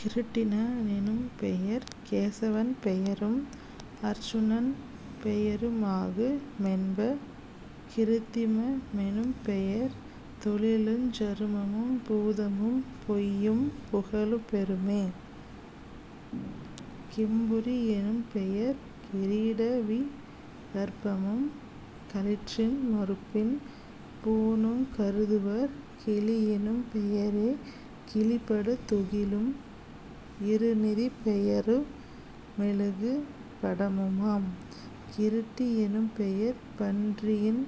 கிருட்டின னெனும்பெயர் கேசவன் பெயரும் அருச்சனன் பெயரு மாகு மென்ப..... கிருத்திம மெனும்பெயர் தொழிலுஞ் சருமமும் பூதமும் பொய்யும் புகலப் பெறுமே..... கிம்புரி யெனும்பெயர் கிரீட விகற்பமும் களிற்றின் மருப்பின் பூணுங் கருதுவர்..... கிழியெனும் பெயரே கிழிபடு துகிலும் இருநிதிப் பெயரு மெழுது படமுமாம்..... கிருட்டி யெனும்பெயர் பன்றியின்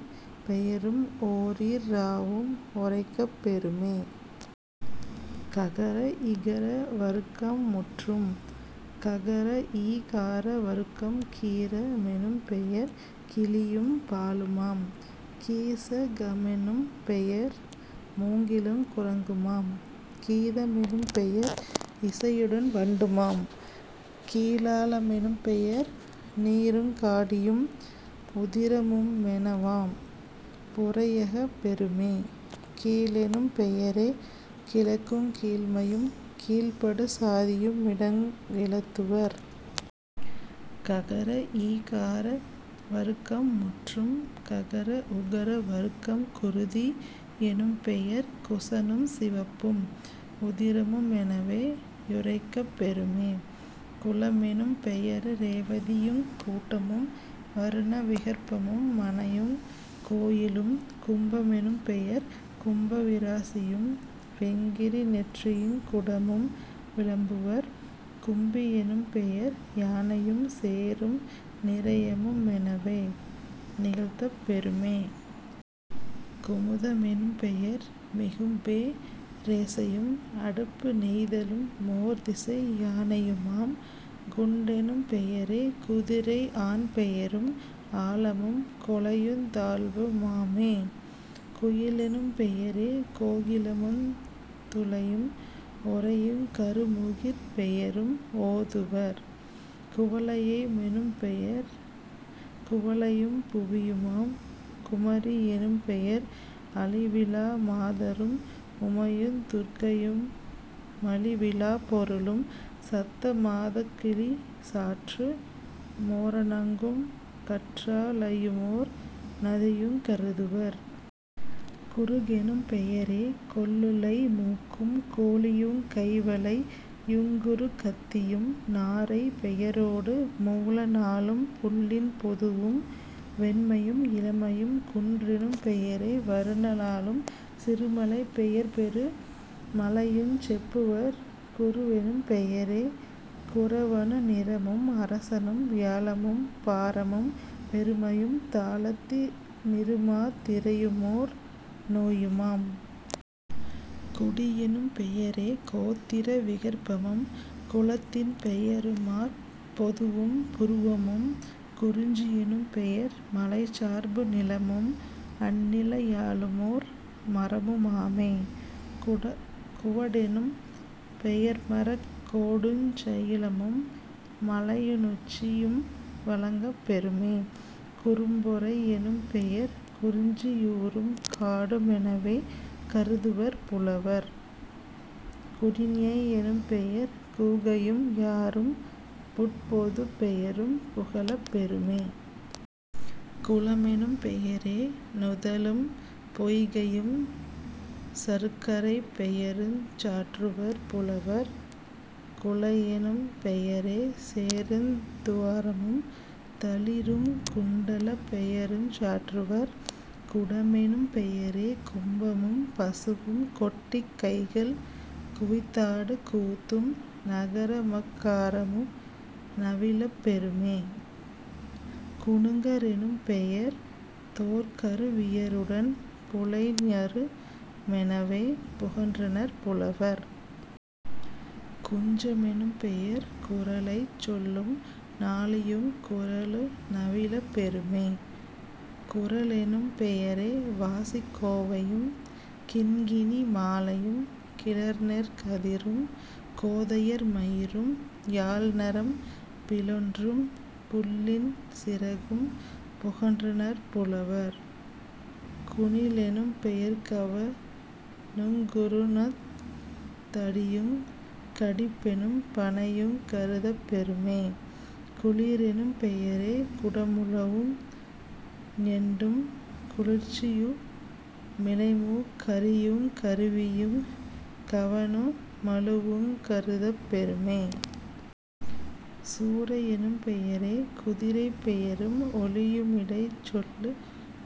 பெயரும் ஓரீற் றாவும் உரைக்கப் பெறுமே..... ககர இகர வருக்கம் முற்றும். ககர ஈகார வருக்கம் கீர மெனும்பெயர் கிளியும் பாலுமாம்..... கீச கமெனும் பெயர் மூங்கிலுங் குரங்குமாம்..... கீத மெனும்பெயர் இசையுடன் வண்டுமாம்..... கீலால மெனும்பெயர் நீருங் காடியும் உதிரமு மெனவே யுரைக்கப் பெறுமே..... கீழெனும் பெயரே கிழக்குங் கீழ்மையும் கீழ்ப்படு சாதியு மிடமுங் கிளத்துவர்..... ககர ஈகார வருக்கம் முற்றும். ககர உகர வருக்கம் குருதி யெனும்பெயர் குசனும் சிவப்பும் உதிரமு மெனவே யுரைக்கப் பெறுமே..... குலமெனும் பெயரி ரேவதியுங் கூட்டமும் வருண விகற்பமு மனையுங் கோயிலும்..... கும்ப மெனும்பெயர் கும்ப விராசியும் வெங்கிரி நெற்றியுங் குடமும் விளம்புவர்..... கும்பி யெனும்பெயர் யானையும் சேறும் நிரயமு மெனவே நிகழ்த்தப் பெறுமே..... குமுத மெனும்பெயர் மிகும்பே ரோசையும் அடுப்பு நெய்தலு மோர்திசை யானையுமாம்..... குண்டெனும் பெயரே குதிரை ஆண்பெயரும் ஆழமும் கொலையுந் தாழ்வு மாமே..... குயிலெனும் பெயரே கோகிலமுந் துளையும் உரையுங் கருமுகிற் பெயரும் ஓதுவர்..... குவலைய மெனும்பெயர் குவளையும் புவியுமாம்..... குமரி யெனும்பெயர் அழிவிலா மாதரும் உமையுந் துர்க்கையு மழிவிலாப் பொருளும் சத்த மாதாக்களிற் சாற்று மோரணங்கும் கற்றா ழையுமோர் நதியுங் கருதுவர்..... குருகெனும் பெயரே கொல்லுலை மூக்கும் கோழியுங் கைவளை யுங்குருக் கத்தியும் நாரை பெயரோடு மூல நாளும் புள்ளின் பொதுவும் வெண்மையும் இளமையும்.... குன்றெனும் பெயரே வருண னாளும் சிறுமலைப் பெயர்பெரு மலையுஞ் செப்புவர்.... குருவெனும் பெயரே குரவனு நிறமும் அரசனும் வியாழமும் பாரமும் பெருமையும் தாளத்தி னிருமாத் திரையுமோர் நோயுமாம்..... குடியெனும் பெயரே கோத்திர விகற்பமும் குலத்தின் பெயருமூர்ப் பொதுவும் புருவமும்..... குறிஞ்சி யெனும்பெயர் மலைச்சார்பு நிலமும் அந்நில யாழுமோர் மரமு மாமே..... குவடெனும் பெயர்மரக் கோடுஞ் சயிலமும் மலையி னுச்சியும் வழங்கப் பெறுமே..... குறும்பொறை யெனும்பெயர் குறிஞ்சி யூரும் காடு மெனவே கருதுவர் புலவர்..... குடிஞை யெனும்பெயர் கூகையும் யாறும் புட்பொதுப் பெயரும் புகலப் பெறுமே..... குளமெனும் பெயரே நுதலும் பொய்கையும் சருக்கரைப் பெயருஞ் சாற்றுவர் புலவர்..... குழையெனும் பெயரே சேறுந் துவாரமும் தளிறுங் குண்டலப் பெயருஞ் சாற்றுவர்..... குடமெனும் பெயரே கும்பமும் பசுவும் கொட்டிக் கைகள் குவித்தாடு கூத்தும் நகர மக்காரமு நவிலப் பெறுமே..... குணுங்க ரெனும்பெயர் தோற்கரு வியருடன் புலைஞரு மெனவே புகன்றனர் புலவர்..... குஞ்ச மெனும்பெயர் குறளைச் சொல்லும் நாழியுங் குறளு நவிலப் பெறுமே..... குரலெனும் பெயரே வாசிக் கோவையும் கிண்கிணி மாலையும் கிளர்நெற் கதிரும் கோதையர் மயிரும் யாழ்நரம் பிலொன்றும் புள்ளின் சிறகும் புகன்றனர் புலவர்..... குணிலெனும் பெயர்கவ ணுங்குறுந் தடியுங் கடிப்பெனும் பணையுங் கருதப் பெறுமே..... குளிரெனும் பெயரே குடமுழவும் ஞெண்டும் குளிர்ச்சியு மிலைமூக் கரியுங் கருவியுங் கவணு மழுவுங் கருதப் பெறுமே..... குரையெனும் பெயரே குதிரைப் பெயரும் ஒலியுமிடைச் சொல்லு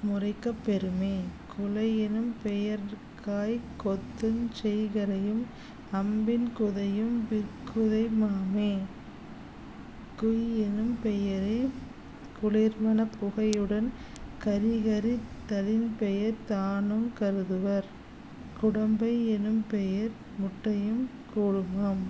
முரைக்கப் பெறுமே..... குலையெனும் பெயர்காய்க் கொத்துஞ் செய்கரையும் அம்பின் குதையும் விற்குதையு மாமே..... குய்யெனும் பெயரே குளிர்மணப் புகையுடன் கறிகரித் தலின்பெயர் தானுங் கருதுவர்..... குடம்பை யெனும்பெயர் முட்டையும் கூடுமாம்...